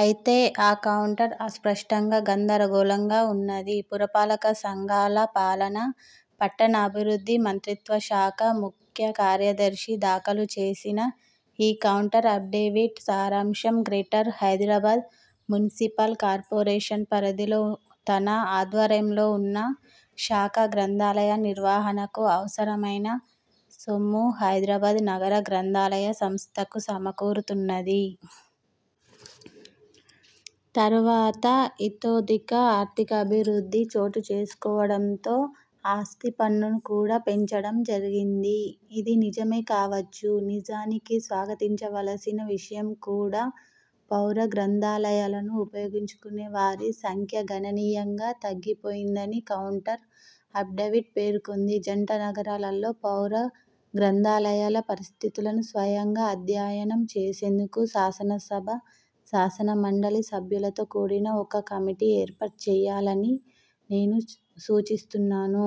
అయితే ఆ కౌంటర్ అస్పష్టంగా, గందరగోళంగా ఉన్నది. పురపాలక సంఘాల పాలన, పట్టణాభివృద్ధి మంత్రిత్వ శాఖ ముఖ్య కార్యదర్శి దాఖలుచేసిన ఈ కౌంటర్ అఫిడవిట్ సారాంశం: గ్రేటర్ హైదరాబాద్ మునిసిపల్ కార్పొరేషన్ పరిధిలో తన ఆధ్వర్యంలో వున్న శాఖా గ్రంథాలయాల నిర్వహణకు అవసరమైన సొమ్ము హైదరాబాద్ నగర గ్రంథాలయ సంస్థకు సమకూరుతున్నది. తరువాత ఇతోధిక ఆర్థికాభివృద్ధి చోటుచేసుకోవడంతో ఆస్తిపన్నును కూడా పెంచడం జరిగింది. ఇది నిజమే కావచ్చు. నిజానికి స్వాగతించవల్సిన విషయం కూడా. పౌర గ్రంథాలయాలను ఉపయోగించుకొనేవారి సంఖ్య గణనీయంగా తగ్గిపోయిందని కౌంటర్ అఫిడవిట్ పేర్కొంది. జంటనగరాల్లో పౌర గ్రంథాలయాల పరిస్థితులను స్వయంగా అధ్యయనం చేసేందుకు శాసనసభ, శాసన మండలి సభ్యులతో కూడిన ఒక కమిటీ ఏర్పాటు చేయాలని నేను సూచిస్తున్నాను.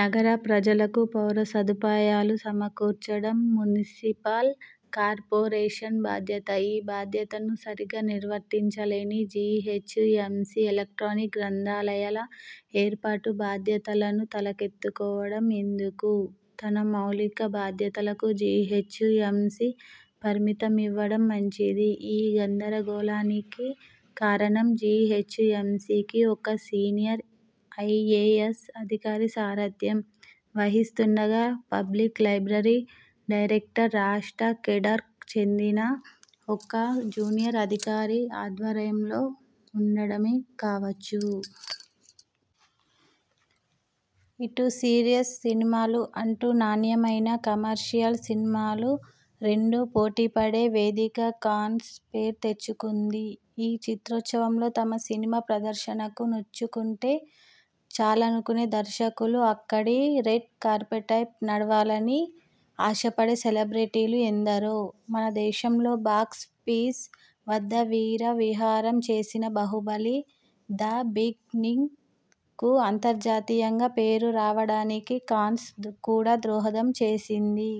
నగర ప్రజలకు పౌరసదుపాయాలు సమకూర్చడం మునిసిపల్ కార్పొరేషన్ బాధ్యత. ఈ బాధ్యతనే సరిగ్గా నిర్వర్తించలేని జీహెచ్ఎంసీ ఎలక్ట్రానిక్ గ్రంథాలయాల ఏర్పాటు బాధ్యతను తలకెత్తుకోవడం ఎందుకు? తన మౌలిక బాధ్యతలకు జీహెచ్ఎంసీ పరిమితమవ్వడం మంచిది. ఈ గందరగోళానికి కారణం జీహెచ్ఎంసీకి ఒక సీనియర్ ఐఏఎస్ అధికారి సారథ్యం వహిస్తుండగా పబ్లిక్ లైబ్రరీ డైరెక్టరేట్ రాష్ట్ర కేడర్కు చెందిన ఒక జూనియర్ అధికారి ఆధ్వర్యంలో వుండడమే కావచ్చు. ఇటు సీరియస్ సినిమాలు, అటు నాణ్యమైన కమర్షియల్ సినిమాలు రెండూ పోటీపడే వేదికగా కాన్స్ పేరు తెచ్చుకుంది. ఈ చిత్రోత్సవంలో తమ సినిమా ప్రదర్శనకు నోచుకుంటే చాలనుకొనే దర్శకులు, అక్కడి రెడ్ కార్పెట్పై నడవాలని ఆశపడే సెలబ్రిటీలు ఎందరో! మన దేశంలో బాక్సాఫీస్ వద్ద వీర విహారం చేసిన 'బాహుబలి: ద బిగినింగ్'కు అంతర్జాతీయంగా పేరు రావడానికి కాన్స్ కూడా దోహదం చేసింది.